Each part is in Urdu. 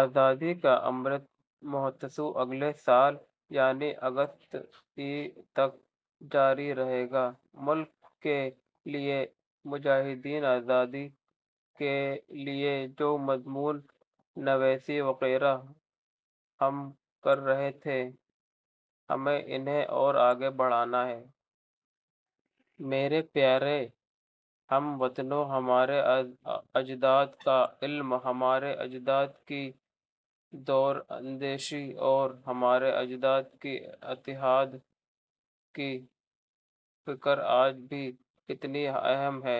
آزادی کا امرت مہوتسو اگلے سال یعنی اگست ، ء تک جاری رہے گا۔ ملک کے لئے، مجاہدینِ آزادی کے لئے، جو مضمون نویسی وغیرہ ہم کر رہے تھے ، ہمیں انہیں اور آگے بڑھانا ہے۔ میرے پیارے ہم وطنو، ہمارے اجداد کا علم، ہمارے اجداد کی دور اندیشی اور ہمارے اجداد کی اتحاد کی فکر آج بھی کتنی اہم ہے ،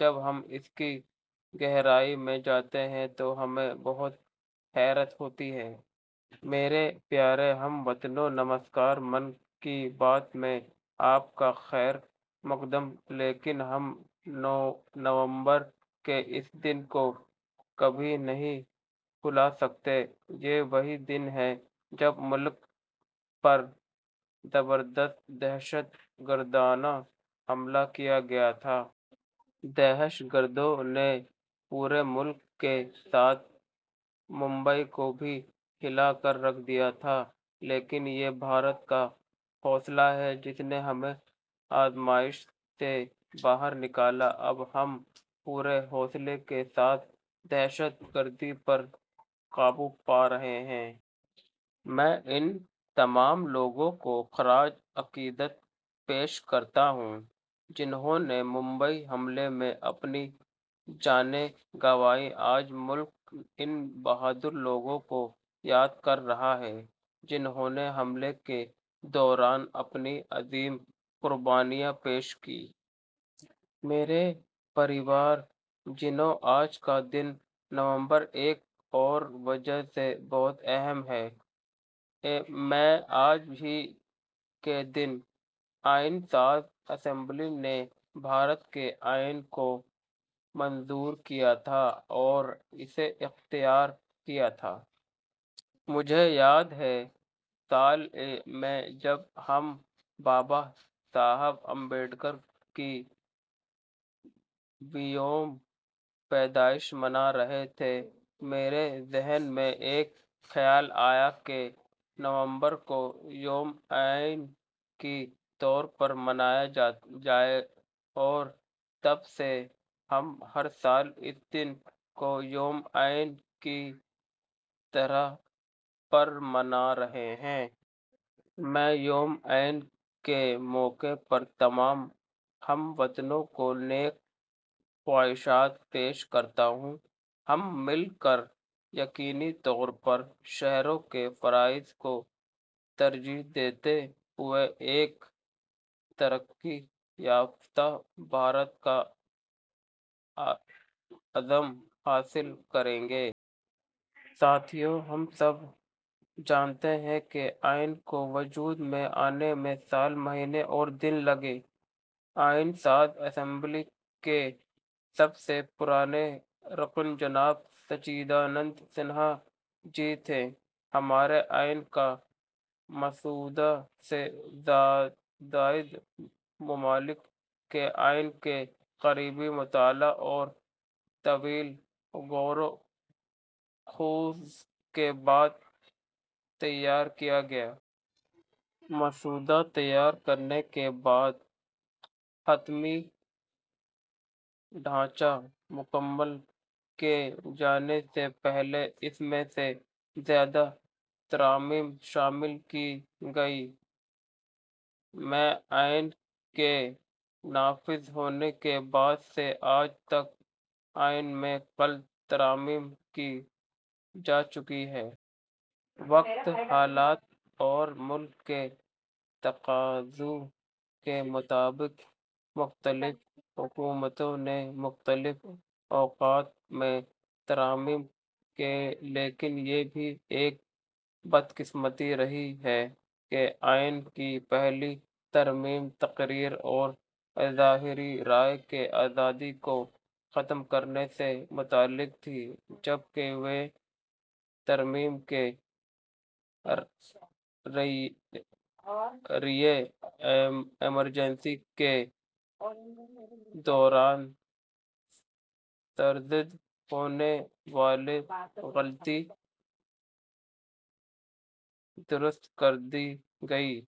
جب ہم اس کی گہرائی میں جاتے ہیں تو ہمیں بہت حیرت ہوتی ہے۔ میرے پیارے ہم وطنو، نمسکار! من کی بات میں آپ کا خیر مقدم۔ لیکن، ہم نومبر کے اِس دن کو کبھی نہیں بھلاسکتے۔ یہ وہی دن ہے ، جب ملک پر زبردست دہشت گردانہ حملہ کیا گیا تھا۔ دہشت گردوں نے پورے ملک کے ساتھ ممبئی کو بھی ہلا کر رکھ دیا تھا لیکن یہ بھارت کا حوصلہ ہے، جس نے ہمیں آزمائش سے باہر نکالا۔ اب ہم پورے حوصلے کے ساتھ دہشت گردی پر قابو پا رہے ہیں۔ میں ، ان تمام لوگوں کو خراج عقیدت پیش کرتا ہوں ، جنہوں نے ممبئی حملے میں اپنی جانیں گنوائیں۔ آج ملک ، ان بہادر لوگوں کو یاد کر رہا ہے ، جنہوں نے حملے کے دوران اپنی عظیم قربانیاں پیش کیں۔ میرے پریوار جنوں ، آج کا دن، نومبر ایک اور وجہ سے بہت اہم ہے۔ ء میں آج ہی کے دن ، آئین ساز اسمبلی نے بھارت کے آئین کو منظور کیا تھا اور اسے اختیار کیا تھا۔ مجھے یاد ہے… سال ء میں، جب ہم بابا صاحب امبیڈکر کی ویں یوم پیدائش منا رہے تھے، میرے ذہن میں ایک خیال آیا کہ نومبر کو یوم آئین کے طور پر منایا جائے اور تب سے ہم ہر سال ، اس دن کو یوم آئین کے طور پر منارہے ہیں۔ میں یوم آئین کے موقع پر ، تمام ہم وطنوں کو نیک خواہشات پیش کرتا ہوں۔ ہم مل کر یقینی طور پر شہریوں کے فرائض کو ترجیح دیتے ہوئے ایک ترقی یافتہ بھارت کا عزم حاصل کریں گے۔ ساتھیو ، ہم سب جانتے ہیں کہ آئین کو وجود میں آنے میں سال مہینے اور دن لگے۔ آئین ساز اسمبلی کے سب سے پرانے رکن جناب سچیدانند سنہا جی تھے۔ ہمارے آئین کا مسودہ سے زائد ممالک کے آئین کے قریبی مطالعہ اور طویل غور و خوض کے بعد تیا ر کیا گیا۔ مسودہ تیار کرنے کے بعد، حتمی ڈھانچہ مکمل کئے جانے سے پہلے، اس میں سے زیادہ ترامیم شامل کی گئیں۔ ء میں آئین کے نافذ ہونے کے بعد سے آج تک آئین میں کل ترامیم کی جا چکی ہیں۔ وقت، حالات اور ملک کے تقاضوں کے مطابق مختلف حکومتوں نے مختلف اوقات میں ترامیم کیں لیکن یہ بھی ایک بدقسمتی رہی ہے کہ آئین کی پہلی ترمیم تقریر اور اظہارِ رائے کی آزادی کو ختم کرنے سے متعلق تھی ، جب کہ ویں ترمیم کے ذریعے ایمرجنسی کے دوران سرزد ہونے والی غلطیاں درست کر دی گئیں۔